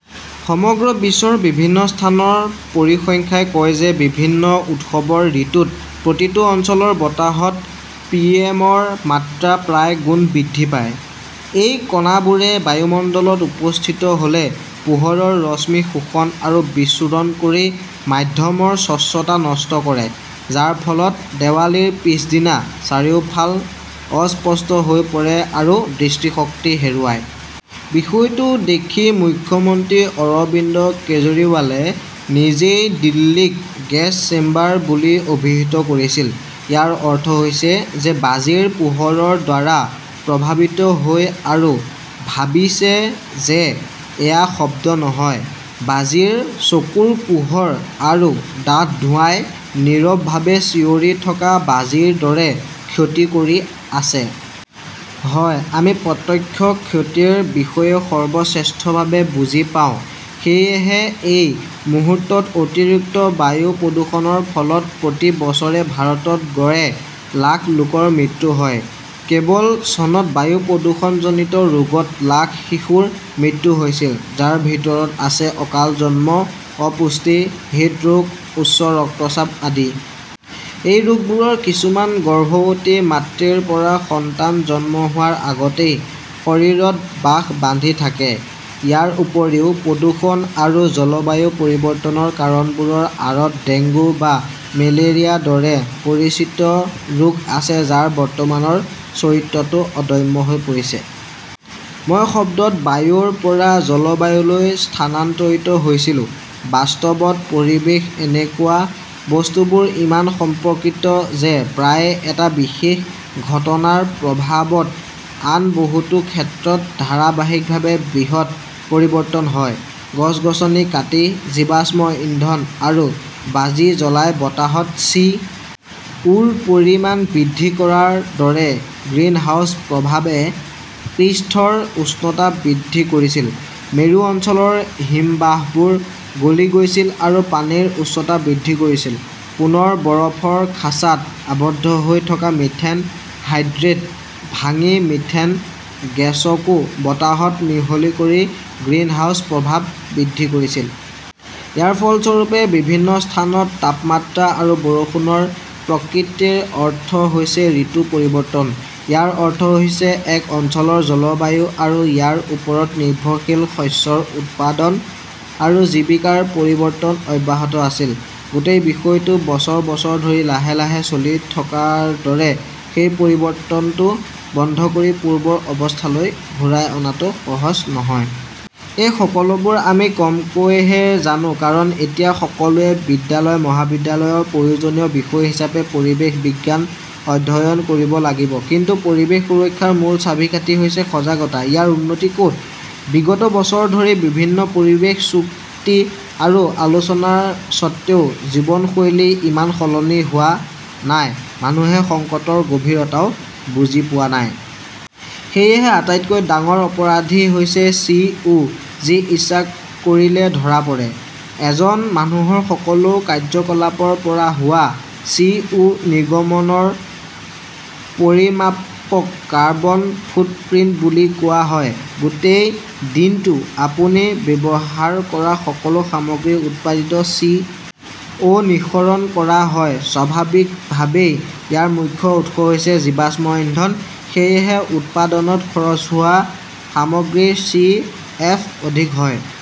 সমগ্ৰ বিশ্বৰ বিভিন্ন স্থানৰ পৰিসংখ্যাই কয় যে বিভিন্ন উৎসৱৰ ঋতুত প্ৰতিটো অঞ্চলৰ বতাহত পিএমৰ মাত্ৰা প্ৰায় গুণ বৃদ্ধি পায়। এই কণাবোৰে বায়ুমণ্ডলত উপস্থিত হ'লে পোহৰৰ ৰশ্মি শোষণ আৰু বিচ্ছুৰ ণ কৰি মাধ্যমৰ স্বচ্ছতা নষ্ট কৰে, যাৰ ফলত দেৱালীৰ পিছদিনা চাৰিওফাল অস্পষ্ট হৈ পৰে আৰু দৃষ্টিশক্তি হেৰুৱায়। বিষয়টো দেখি মুখ্যমন্ত্ৰী অৰবিন্দ কেজৰিৱালে নিজেই দিল্লীক গেছ-চেম্বাৰ বুলি অভিহিত কৰিছিল। ইয়াৰ অৰ্থ হৈছে যে বাজিৰ পোহৰৰ দ্বাৰা প্ৰভাৱিত হৈ আৰু ভাবিছে যে এয়া শব্দ নহয়, বাজিৰ চকুৰ পোহৰ আৰু ডাঠ ধোঁৱাই নীৰৱভাৱে চিঞৰি থকা বাজিৰ দৰে ক্ষতি কৰি আছে। হয়, আমি প্ৰত্যক্ষ ক্ষতিৰ বিষয়ে সৰ্বশ্ৰেষ্ঠভাৱে বুজি পাওঁ, সেয়েহে এই মুহূৰ্তত অতিৰিক্ত বায়ু প্ৰদূষণৰ ফলত প্ৰতি বছৰে ভাৰতত গড়ে লাখ লোকৰ মৃত্যু হয়। কেৱল চনত বায়ু প্ৰদূষণজনিত ৰোগত লাখ শিশুৰ মৃত্যু হৈছিল, যাৰ ভিতৰত আছে অকাল জন্ম, অপুষ্টি, হৃদৰোগ, উচ্চ ৰক্তচাপ আদি। এই ৰোগবোৰৰ কিছুমান গৰ্ভৱতী মাতৃৰ পৰা সন্তান জন্ম হোৱাৰ আগতেই শৰীৰত বাস বান্ধি থাকে। ইয়াৰ উপৰিও, প্ৰদূষণ আৰু জলবায়ু পৰিৱৰ্তনৰ কাৰণবোৰৰ আঁৰত ডেংগু বা মেলেৰিয়াৰ দৰে পৰিচিত ৰোগ আছে যাৰ বৰ্তমানৰ চৰিত্ৰটো অদম্য হৈ পৰিছে। মই শব্দত বায়ুৰ পৰা জলবায়ুলৈ স্থানান্তৰিত হৈছিলো। বাস্তৱত পৰিৱেশ এনেকুৱা। বস্তুবোৰ ইমান সম্পৰ্কিত যে প্ৰায়ে এটা বিশেষ ঘটনাৰ প্ৰভাৱত আন বহুতো ক্ষেত্ৰত ধাৰাবাহিকভাৱে বৃহৎ পৰিৱৰ্তন হয়। গছ-গছনি কাটি, জীৱাশ্ম-ইন্ধন আৰু বাজি জ্বলাই বতাহত চি. ও.ৰ পৰিমাণ বৃদ্ধি কৰাৰ দৰে, 'গ্ৰীণহাউছ প্ৰভাৱ '-এ পৃষ্ঠৰ উষ্ণতা বৃদ্ধি কৰিছিল, মেৰু অঞ্চলৰ হিমবাহবোৰ গলি গৈছিল আৰু পানীৰ উচ্চতা বৃদ্ধি কৰিছিল, পুনৰ বৰফৰ খাঁচাত আবদ্ধ হৈ থকা মিথেন হাইড্ৰেট ভাঙি মিথেন গেছকো বতাহত মিহলি কৰি' গ্ৰীণহাউছ প্ৰভাৱ 'বৃদ্ধি কৰিছিল। ইয়াৰ ফলস্বৰূপে বিভিন্ন স্থানত তাপমাত্ৰা আৰু বৰষুণৰ প্ৰকৃতিৰ অৰ্থ হৈছে ঋতু-পৰিৱৰ্তন। ইয়াৰ অৰ্থ হৈছে এক অঞ্চলৰ জলবায়ু আৰু ইয়াৰ ওপৰত নিৰ্ভৰশীল শস্যৰ উৎপাদন আৰু জীৱিকাৰ পৰিৱৰ্তন অব্যাহত আছিল। গোটেই বিষয়টো বছৰ বছৰ ধৰি লাহে লাহে চলি থকাৰ দৰে, সেই পৰিৱৰ্তনটো বন্ধ কৰি পূৰ্বৰ অৱস্থালৈ ঘূৰাই অনাটো সহজ নহয়। এই সকলোবোৰ আমি কমকৈহে জানো কাৰণ এতিয়া সকলোৱে বিদ্যালয়-মহাবিদ্যালয়ৰ প্ৰয়োজনীয় বিষয় হিচাপে পৰিৱেশ বিজ্ঞান অধ্যয়ন কৰিব লাগিব। কিন্তু পৰিৱেশ সুৰক্ষাৰ মূল চাবিকাঠি হৈছে সজাগতা, ইয়াৰ উন্নতি ক'ত? বিগত বছৰ ধৰি বিভিন্ন পৰিৱেশ চুক্তি আৰু আলোচনাৰ স্বত্বেও, জীৱনশৈলী ইমান সলনি হোৱা নাই, মানুহে সংকটৰ গভীৰতাও বুজি পোৱা নাই। সেয়েহে আটাইতকৈ ডাঙৰ অপৰাধী হৈছে চি. ও. যি ইচ্ছা কৰিলে ধৰা পৰে। এজন মানুহৰ সকলো কাৰ্যকলাপৰ পৰা হোৱা সি. ও. নিৰ্গমনৰ পৰিমাপক 'কাৰ্বন ফুটপ্ৰিন্ট' বুলি কোৱা হয়। গোটেই দিনটো আপুনি ব্যৱহাৰ কৰা সকলো সামগ্ৰীৰ উৎপাদনত সি. অ 'নিঃসৰণ কৰা হয়। স্বাভাৱিকভাৱেই ইয়াৰ মুখ্য উৎস হৈছে জীৱাশ্ম ইন্ধন। সেয়েহে উৎপাদনত খৰচ হোৱা সামগ্ৰীৰ চি. এফ. অধিক হয়।